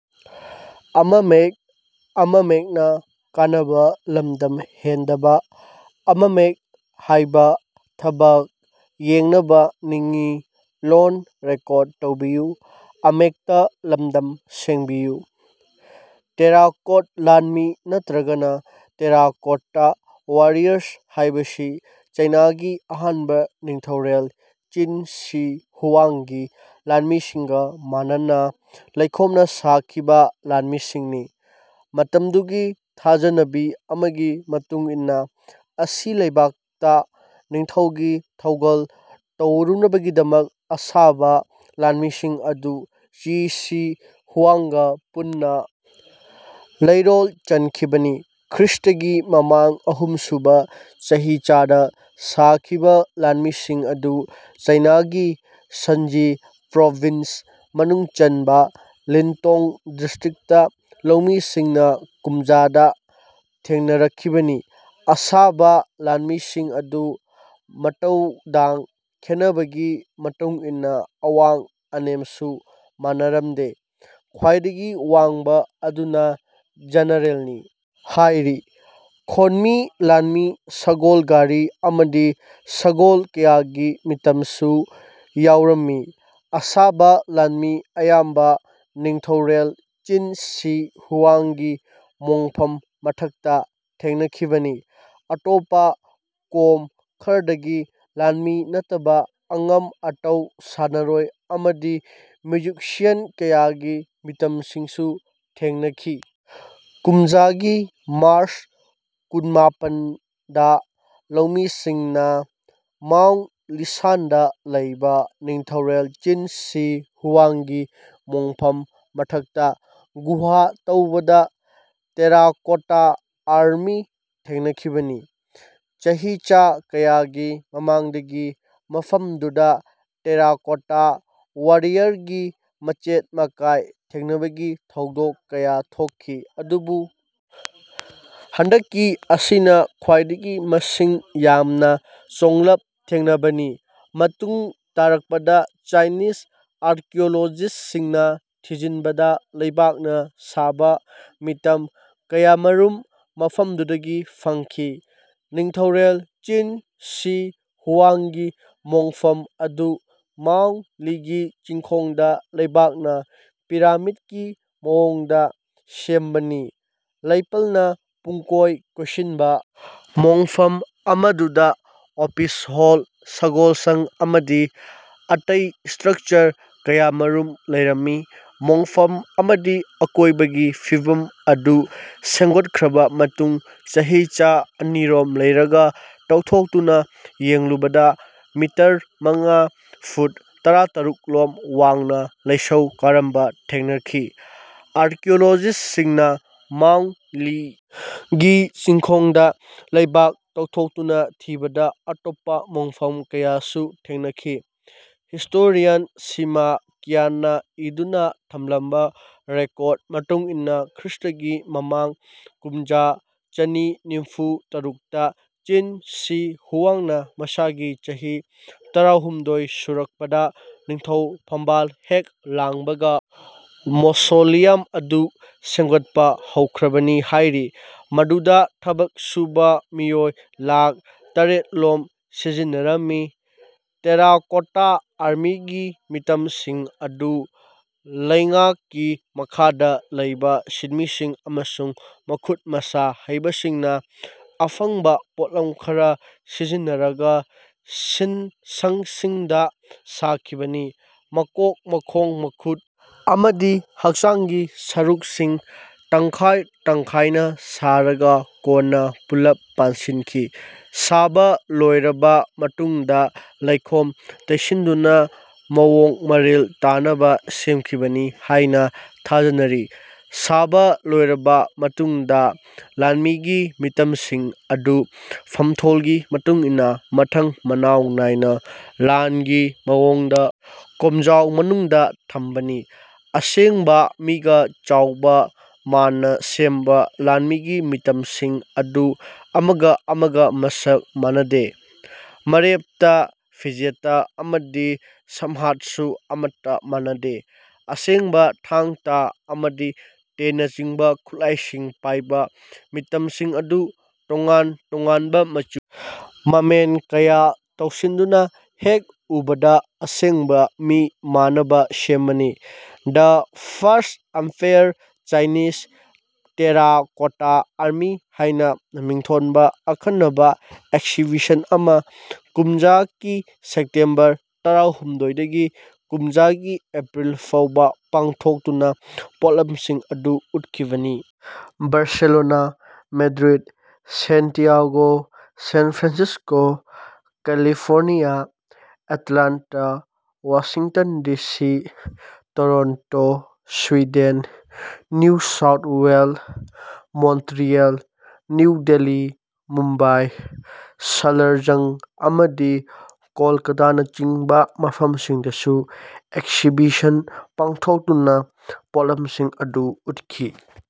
Terracotta ꯂꯥꯟꯃꯤ ꯅꯠꯇ꯭ꯔꯒꯅ ꯇꯦꯔꯥꯀꯣꯠꯇ ꯋꯥꯔꯤꯌꯔꯁ ꯍꯥꯏꯕꯁꯤ ꯆꯥꯏꯅꯥꯒꯤ ꯑꯍꯥꯟꯕ ꯅꯤꯡꯊꯧꯔꯦꯜ ꯆꯤꯟ ꯁꯤ ꯍꯨꯋꯥꯡꯒꯤ ꯂꯥꯟꯃꯤꯁꯤꯡꯒ ꯃꯥꯟꯅꯅ ꯂꯩꯈꯣꯝꯅ ꯁꯥꯈꯤꯕ ꯂꯥꯟꯃꯤꯁꯤꯡꯅꯤ꯫ ꯃꯇꯝꯗꯨꯒꯤ ꯊꯥꯖꯅꯕꯤ ꯑꯃꯒꯤ ꯃꯇꯨꯡꯏꯟꯅ ꯑꯁꯤ ꯂꯩꯕꯥꯛꯇ ꯅꯤꯡꯊꯧꯒꯤ ꯊꯧꯒꯜ ꯇꯧꯔꯨꯅꯕꯒꯤꯗꯃꯛ ꯑꯁꯥꯕ ꯂꯥꯟꯃꯤꯁꯤꯡ ꯑꯗꯨ ꯆꯤ ꯁꯤ ꯍꯨꯋꯥꯡꯒ ꯄꯨꯟꯅ ꯂꯩꯔꯣꯜ ꯆꯟꯈꯤꯕꯅꯤ꯫ ꯈ꯭ꯔꯤꯁꯇꯒꯤ ꯃꯃꯥꯡ ꯑꯍꯨꯝꯁꯨꯕ ꯆꯍꯤꯆꯥꯗ ꯁꯥꯈꯤꯕ ꯂꯥꯟꯃꯤꯁꯤꯡ ꯑꯗꯨ ꯆꯥꯏꯅꯥꯒꯤ ꯁꯟꯖꯤ ꯄ꯭ꯔꯣꯚꯤꯟꯁ ꯃꯅꯨꯡ ꯆꯟꯕ ꯂꯤꯟꯇꯣꯡ ꯗꯤꯁꯇ꯭ꯔꯤꯛꯇ ꯂꯧꯃꯤꯁꯤꯡꯅ ꯀꯨꯝꯖꯥ ꯗ ꯊꯦꯡꯅꯔꯛꯈꯤꯕꯅꯤ꯫ ꯑꯁꯥꯕ ꯂꯥꯟꯃꯤꯁꯤꯡ ꯑꯗꯨ ꯃꯇꯧꯗꯥꯡ ꯈꯦꯟꯅꯕꯒꯤ ꯃꯇꯨꯡꯏꯟꯅ ꯑꯋꯥꯡ ꯑꯅꯦꯝꯁꯨ ꯃꯥꯟꯅꯔꯝꯗꯦ꯫ ꯈ꯭ꯋꯥꯏꯗꯒꯤ ꯋꯥꯡꯕ ꯑꯗꯨꯅ ꯖꯦꯅꯔꯦꯜꯅꯤ ꯍꯥꯏꯔꯤ꯫ ꯈꯣꯡꯃꯤ ꯂꯥꯟꯃꯤ ꯁꯒꯣꯜ ꯒꯥꯔꯤ ꯑꯃꯗꯤ ꯁꯒꯣꯜ ꯀꯌꯥꯒꯤ ꯃꯤꯇꯝꯁꯨ ꯌꯥꯎꯔꯝꯃꯤ꯫ ꯑꯁꯥꯕ ꯂꯥꯟꯃꯤ ꯑꯌꯥꯝꯕ ꯅꯤꯡꯊꯧꯔꯦꯜ ꯆꯤꯟ ꯁꯤ ꯍꯨꯋꯥꯡꯒꯤ ꯃꯣꯡꯐꯝ ꯃꯊꯛꯇ ꯊꯦꯡꯅꯈꯤꯕꯅꯤ꯫ ꯑꯇꯣꯞꯄ ꯀꯣꯝ ꯈꯔꯗꯒꯤ ꯂꯥꯟꯃꯤ ꯅꯠꯇꯕ ꯑꯉꯝ ꯑꯇꯧ ꯁꯥꯟꯅꯔꯣꯏ ꯑꯃꯗꯤ ꯃ꯭ꯌꯨꯖꯤꯁꯤꯌꯥꯟ ꯀꯌꯥꯒꯤ ꯃꯤꯇꯝꯁꯤꯡꯁꯨ ꯊꯦꯡꯅꯈꯤ꯫ ꯀꯨꯝꯖꯥ ꯒꯤ ꯃꯥꯔꯆ ꯀꯨꯟꯃꯥꯄꯟ ꯗ ꯂꯧꯃꯤꯁꯤꯡꯅ ꯃꯥꯎꯟꯠ ꯂꯤꯁꯥꯟꯗ ꯂꯩꯕ ꯅꯤꯡꯊꯧꯔꯦꯜ ꯆꯤꯟ ꯁꯤ ꯍꯨꯋꯥꯡꯒꯤ ꯃꯣꯡꯐꯝ ꯃꯊꯛꯇ ꯒꯨꯍꯥ ꯇꯧꯕꯗ ꯇꯦꯔꯥꯀꯣꯇꯥ ꯑꯥꯔꯃꯤ ꯊꯦꯡꯅꯈꯤꯕꯅꯤ꯫ ꯆꯍꯤꯆꯥ ꯀꯌꯥꯒꯤ ꯃꯃꯥꯡꯗꯒꯤ ꯃꯐꯝꯗꯨꯗ ꯇꯦꯔꯥꯀꯣꯇꯥ ꯋꯥꯔꯤꯌꯔꯒꯤ ꯃꯆꯦꯠ ꯃꯀꯥꯏ ꯊꯦꯡꯅꯕꯒꯤ ꯊꯧꯗꯣꯛ ꯀꯌꯥ ꯊꯣꯛꯈꯤ꯫ ꯑꯗꯨꯕꯨ ꯍꯟꯗꯛꯀꯤ ꯑꯁꯤꯅ ꯈ꯭ꯋꯥꯏꯗꯒꯤ ꯃꯁꯤꯡ ꯌꯥꯝꯅ ꯆꯣꯝꯂꯞ ꯊꯦꯡꯅꯕꯅꯤ꯫ ꯃꯇꯨꯡ ꯇꯥꯔꯛꯄꯗ ꯆꯥꯏꯅꯤꯖ ꯑꯥꯔꯀꯤꯑꯣꯂꯣꯖꯤꯁꯠꯁꯤꯡꯅ ꯊꯤꯖꯤꯟꯕꯗ ꯂꯩꯕꯥꯛꯅ ꯁꯥꯕ ꯃꯤꯇꯝ ꯀꯌꯥꯃꯔꯨꯝ ꯃꯐꯝꯗꯨꯗꯒꯤ ꯐꯪꯈꯤ꯫ ꯅꯤꯡꯊꯧꯔꯦꯜ ꯆꯤꯟ ꯁꯤ ꯍꯨꯋꯥꯡꯒꯤ ꯃꯣꯡꯐꯝ ꯑꯗꯨ ꯃꯥꯎꯟꯠ ꯂꯤꯒꯤ ꯆꯤꯡꯈꯣꯡꯗ ꯂꯩꯕꯥꯛꯅ ꯄꯤꯔꯥꯃꯤꯗꯀꯤ ꯃꯑꯣꯡꯗ ꯁꯦꯝꯕꯅꯤ꯫ꯂꯩꯄꯜꯅ ꯄꯨꯝꯀꯣꯏ ꯀꯣꯏꯁꯤꯟꯕ ꯃꯣꯡꯐꯝ ꯑꯃꯗꯨꯗ ꯑꯣꯐꯤꯁ ꯍꯣꯜ ꯁꯒꯣꯜꯁꯪ ꯑꯃꯗꯤ ꯑꯇꯩ ꯁ꯭ꯇ꯭ꯔꯛꯆꯔ ꯀꯌꯥꯃꯔꯨꯝ ꯂꯩꯔꯝꯃꯤ꯫ ꯃꯣꯡꯐꯝ ꯑꯃꯗꯤ ꯑꯀꯣꯏꯕꯒꯤ ꯐꯤꯚꯝ ꯑꯗꯨ ꯁꯦꯝꯒꯠꯈ꯭ꯔꯕ ꯃꯇꯨꯡ ꯆꯍꯤꯆꯥ ꯑꯅꯤꯔꯣꯝ ꯂꯩꯔꯒ ꯇꯧꯊꯣꯛꯇꯨꯅ ꯌꯦꯡꯂꯨꯕꯗ ꯃꯤꯇꯔ ꯃꯉꯥ ꯐꯨꯠ ꯇꯔꯥꯇꯔꯨꯛ ꯂꯣꯝ ꯋꯥꯡꯅ ꯂꯩꯁꯧ ꯀꯥꯔꯝꯕ ꯊꯦꯡꯅꯈꯤ꯫ꯑꯥꯔꯀꯤꯑꯣꯂꯣꯖꯤꯁꯠꯁꯤꯡꯅ ꯃꯥꯎꯟꯠ ꯂꯤ ꯒꯤ ꯆꯤꯡꯈꯣꯡꯗ ꯂꯩꯕꯥꯛ ꯇꯧꯊꯣꯛꯇꯨꯅ ꯊꯤꯕꯗ ꯑꯇꯣꯞꯄ ꯃꯣꯡꯐꯝ ꯀꯌꯥꯁꯨ ꯊꯦꯡꯅꯈꯤ꯫ ꯍꯤꯁꯇꯣꯔꯤꯌꯥꯟ ꯁꯤꯃꯥ ꯀꯤꯌꯟꯅ ꯏꯗꯨꯅ ꯊꯝꯂꯝꯕ ꯔꯦꯀꯣꯔꯗ ꯃꯇꯨꯡꯏꯟꯅ ꯈ꯭ꯔꯤꯁꯇꯒꯤ ꯃꯃꯥꯡ ꯀꯨꯝꯖꯥ ꯆꯅꯤ ꯅꯤꯝꯐꯨ ꯇꯔꯨꯛꯇ ꯆꯤꯟ ꯁꯤ ꯍꯨꯋꯥꯡꯅ ꯃꯁꯥꯒꯤ ꯆꯍꯤ ꯇꯔꯥꯍꯨꯝꯗꯣꯏ ꯁꯨꯔꯛꯄꯗ ꯅꯤꯡꯊꯧ ꯐꯝꯕꯥꯜ ꯍꯦꯛ ꯂꯥꯡꯕꯒ ꯃꯣꯁꯣꯂꯤꯌꯝ ꯑꯗꯨ ꯁꯦꯝꯒꯠꯄ ꯍꯧꯈ꯭ꯔꯕꯅꯤ ꯍꯥꯏꯔꯤ꯫ ꯃꯗꯨꯗ ꯊꯕꯛ ꯁꯨꯕ ꯃꯤꯑꯣꯏ ꯂꯥꯈ ꯇꯔꯦꯠꯂꯣꯝ ꯁꯤꯖꯤꯟꯅꯔꯝꯃꯤ꯫ ꯇꯦꯔꯥꯀꯣꯇꯥ ꯑꯥꯔꯃꯤꯒꯤ ꯃꯤꯇꯝꯁꯤꯡ ꯑꯗꯨ ꯂꯩꯉꯥꯀꯤ ꯃꯈꯥꯗ ꯂꯩꯕ ꯁꯤꯟꯃꯤꯁꯤꯡ ꯑꯃꯁꯨꯡ ꯃꯈꯨꯠ ꯃꯁꯥ ꯍꯩꯕꯁꯤꯡꯅ ꯑꯐꯪꯕ ꯄꯣꯠꯂꯝ ꯈꯔ ꯁꯤꯖꯤꯟꯅꯔꯒ ꯁꯤꯟꯁꯪꯁꯤꯡꯗ ꯁꯥꯈꯤꯕꯅꯤ꯫ ꯃꯀꯣꯛ ꯃꯈꯣꯡ ꯃꯈꯨꯠ ꯑꯃꯗꯤ ꯍꯛꯆꯥꯡꯒꯤ ꯁꯔꯨꯛꯁꯤꯡ ꯇꯣꯈꯥꯏ ꯇꯣꯈꯥꯏꯅ ꯁꯥꯔꯒ ꯀꯣꯟꯅ ꯄꯨꯜꯂꯞ ꯄꯥꯟꯁꯤꯟꯈꯤ꯫ ꯁꯥꯕ ꯂꯣꯏꯔꯕ ꯃꯇꯨꯡꯗ ꯂꯩꯈꯣꯝ ꯇꯩꯁꯤꯟꯗꯨꯅ ꯃꯑꯣꯡ ꯃꯔꯤꯜ ꯇꯥꯅꯕ ꯁꯦꯝꯈꯤꯕꯅꯤ ꯍꯥꯏꯅ ꯊꯥꯖꯅꯔꯤ꯫ ꯁꯥꯕ ꯂꯣꯏꯔꯕ ꯃꯇꯨꯡꯗ ꯂꯥꯟꯃꯤꯒꯤ ꯃꯤꯇꯝꯁꯤꯡ ꯑꯗꯨ ꯐꯝꯊꯣꯜꯒꯤ ꯃꯇꯨꯡꯏꯟꯅ ꯃꯊꯪ ꯃꯅꯥꯎ ꯅꯥꯏꯅ ꯂꯥꯟꯒꯤ ꯃꯑꯣꯡꯗ ꯀꯣꯝꯖꯥꯎ ꯃꯅꯨꯡꯗ ꯊꯝꯕꯅꯤ꯫ ꯑꯁꯦꯡꯕ ꯃꯤꯒ ꯆꯥꯎꯕ ꯃꯥꯟꯅ ꯁꯦꯝꯕ ꯂꯟꯃꯤꯒꯤ ꯃꯤꯇꯝꯁꯤꯡ ꯑꯗꯨ ꯑꯃꯒ ꯑꯃꯒ ꯃꯁꯛ ꯃꯥꯟꯅꯗꯦ꯫ ꯃꯔꯦꯞꯇ ꯐꯤꯖꯦꯠꯇ ꯑꯃꯗꯤ ꯁꯝꯍꯥꯠꯇꯁꯨ ꯑꯃꯠꯇ ꯃꯥꯟꯅꯗꯦ꯫ ꯑꯁꯦꯡꯕ ꯊꯥꯡ ꯇꯥ ꯑꯃꯗꯤ ꯇꯦꯟꯅꯆꯤꯡꯕ ꯈꯨꯠꯂꯥꯏꯁꯤꯡ ꯄꯥꯏꯕ ꯃꯤꯇꯝꯁꯤꯡ ꯑꯗꯨ ꯇꯣꯉꯥꯟ ꯇꯣꯉꯥꯟꯕ ꯃꯆꯨ ꯃꯃꯦꯟ ꯀꯌꯥ ꯇꯩꯁꯤꯟꯗꯨꯅ ꯍꯦꯛ ꯎꯕꯗ ꯑꯁꯦꯡꯕ ꯃꯤ ꯃꯥꯟꯅꯕ ꯁꯦꯝꯕꯅꯤ꯫ The first emperor Chinese terracotta army ꯍꯥꯏꯅ ꯃꯤꯡꯊꯣꯟꯕ ꯑꯈꯟꯅꯕ ꯑꯦꯛꯁꯤꯕꯤꯁꯟ ꯑꯃ ꯀꯨꯝꯖꯥ ꯀꯤ ꯁꯦꯞꯇꯦꯝꯕ ꯇꯔꯥꯍꯨꯝꯗꯣꯏ ꯗꯒꯤ ꯀꯨꯝꯖꯥ ꯒꯤ ꯑꯦꯄ꯭ꯔꯤꯜ ꯐꯥꯎꯕ ꯄꯥꯡꯊꯣꯛꯇꯨꯅ ꯄꯣꯠꯂꯝꯁꯤꯡ ꯑꯗꯨ ꯎꯠꯈꯤꯕꯅꯤ꯫ Barcelona Madrid Santiago San Francisco California Atlanta Washington D C Toronto Sweden New South Wales Montreal New Delhi Mumbai Salar Jung ꯑꯃꯗꯤ ꯀꯣꯜꯀꯇꯥꯅꯆꯤꯡꯕ ꯃꯐꯝꯁꯤꯡꯗꯁꯨ ꯑꯦꯛꯁꯤꯕꯤꯁꯟ ꯄꯥꯡꯊꯣꯛꯇꯨꯅ ꯄꯣꯠꯂꯝꯁꯤꯡ ꯑꯗꯨ ꯎꯠꯈꯤ꯫